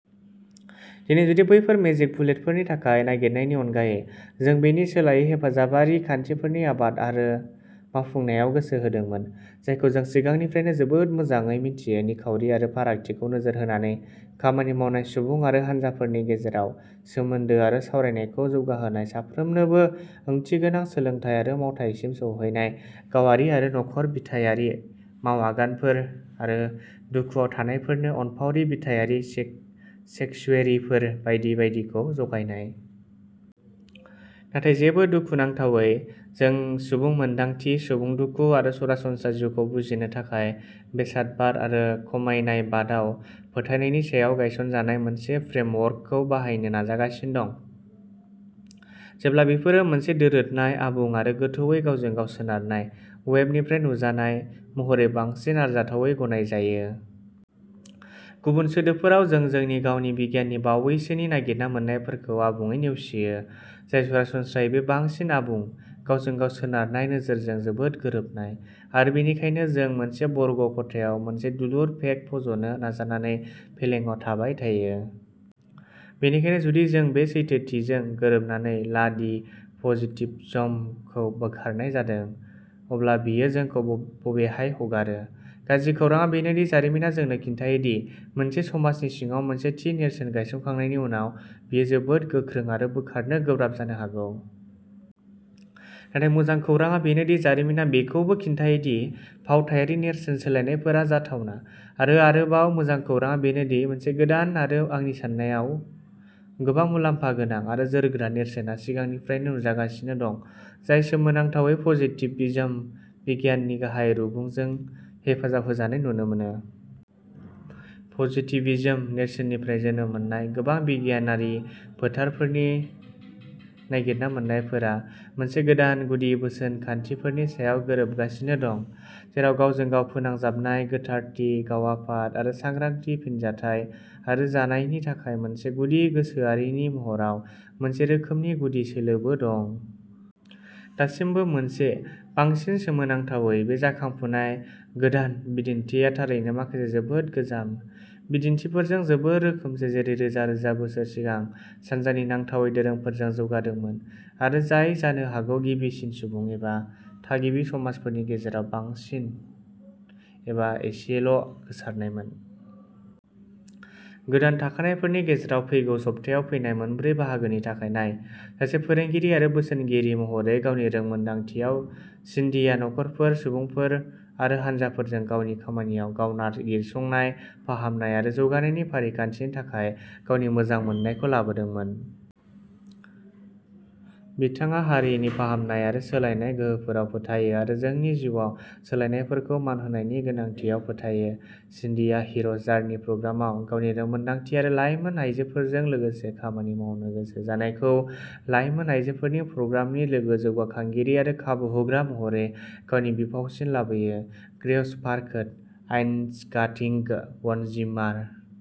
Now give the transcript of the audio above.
दिनै जुदि बैफोर "मेजिक बुलेट" फोरनि थाखाय नागिरनायनि अनगायै, जों बेनि सोलायै हेफाजाबारि खान्थिफोरनि आबाद आरो मावफुंनायाव गोसो होदोंमोन। जायखौ जों सिगांनिफ्रायनो जोबोद मोजाङै मिन्थियो निखावरि आरो फारागथिखौ नोजोर होनानै खामानि मावनाय सुबुं आरो हानजाफोरनि गेजेराव सोमोन्दो आरो सावरायनायखौ जौगाहोनाय, साफ्रोमनोबो ओंथिगोनां सोलोंथाय आरो मावथायसिम सौहैनाय, गावारि आरो नखर-बिथायारि मावआगानफोर आरो दुखुआव थानायफोरनो अनफावरि-बिथायारि सेंक्सुयेरिफोर बायदि बायदिखौ जगायनाय। नाथाय जेबो दुखुनांथावै, जों सुबुं मोन्दांथि, सुबुं दुखु आरो सरासनस्रा जिउखौ बुजिनो थाखाय बेसादबाद आरो खमायनायबादआव फोथायनायनि सायाव गायसनजानाय मोनसे फ्रेमवर्कखौ बाहायनो नाजागासिनो दं। जेब्ला बेफोरो मोनसे दोरोदनाय, आबुं आरो गोथौवै गावजों गाव सोनारनाय "वेब" निफ्राय नुजानाय महरै बांसिन आरजाथावै गनायजायो। गुबुन सोदोबफोराव, जों जोंनि गावनि बिगियाननि बावैसोनि नागिरना मोन्नायफोरखौ आबुङै नेवसियो, जाय सरासनस्रायै बे बांसिन आबुं, गावजों-गाव सोनारनाय नोजोरजों जोबोद गोरोबनाय, आरो बेनिखायनो जों मोनसे बर्ग ख'थायाव मोनसे दुलुर पेग फज'नो नाजानानै फेलेंआव थाबाय थायो। बेनिखायनो जुदि जों बे सैथोथिजों गोरोबनानै ला दि पजिटिभिज्मखौ बोखारनाय जादों, अब्ला बेयो जोंखौ बबेहाय हगारो? गाज्रि खौरांआ बेनो दि जारिमिना जोंनो खिन्थायो दि मोनसे समाजनि सिङाव मोनसे थि नेरसोन गायसनखांनायनि उनाव, बेयो जोबोद गोख्रों आरो बोखारनो गोब्राब जानो हागौ। नाथाय मोजां खौरांआ बेनो दि जारिमिना बेखौबो खिन्थायो दि फावथायारि नेरसोन सोलायनायफोरा जाथावना। आरो आरोबाव मोजां खौरांआ बेनोदि मोनसे गोदान, आरो आंनि सान्नायाव, गोबां मुलाम्फा गोनां आरो जोरग्रा नेरसोनआ सिगांनिफ्रायनो नुजागासिनो दं, जाय सोमोनांथावै पजिटिभिज्म बिगियाननि गाहाय रुगुंजों हेफाजाब होजानाय नुनो मोनो। पजिटिभिज्म नेरसोननिफ्राय जोनोम मोननाय गोबां बिगियानारि फोथारफोरनि नागिरना मोन्नायफोरा मोनसे गोदान गुदि बोसोनखान्थिफोरनि सायाव गोरोबगासिनो दं, जेराव गावजों-गाव फोनांजाबनाय, गोथारथि, गाव-आफाद, आरो सांग्रांथि, फिनजाथाय आरो जानायनि थाखाय मोनसे गुदि गोसोआरिनि महराव मोनसे रोखोमनि गुदि सोलोबो दं। दासिमबो मोनसे बांसिन सोमोनांथावै, बे जाखांफुनाय गोदान बिदिनथिया थारैनो माखासे जोबोद गोजाम बिदिनथिफोरजों जोबोद रोखोमसे जेरै रोजा-रोजा बोसोर सिगां सानजानि नांथावै दोरोंफोरजों जौगादोंमोन, आरो जाय जानो हागौ गिबिसिन सुबुं, एबा थागिबि, समाजफोरनि गेजेराव बांसिन एबा एसेल' गोसारनायमोन। गोदान थाखानायफोरनि गेजेराव फैगौ सप्तायाव फैनाय मोनब्रै बाहागोनि थाखाय नाय। सासे फोरोंगिरि आरो बोसोनगिरि महरै गावनि रोंमोनदांथियाव, सिन्डीआ नखरफोर, सुबुंफोर आरो हानजाफोरजों गावनि खामानियाव गाव नागिरसंनाय, फाहामनाय आरो जौगानायनि फारिखान्थिनि थाखाय गावनि मोजां मोननायखौ लाबोदोंमोन। बिथाङा हारिनि फाहामनाय आरो सोलायनाय गोहोफोराव फोथायो आरो जोंनि जिउआव सोलायनायफोरखौ मान होनायनि गोनांथियाव फोथायो। सिन्डीआ हिर'ज जार्नि प्रग्रामाव गावनि रोंमोनदांथि आरो लाइमोन आयजोफोरजों लोगोसे खामानि मावनो गोसो जानायखौ लायमोन आयजोफोरनि प्रग्रामनि लोगो-जौगाखांगिरि आरो खाबु होग्रा महरै गावनि बिफावसिम लाबोयो। ग्रेउस पार्केट आइन्जगार्टिग व'नजिमार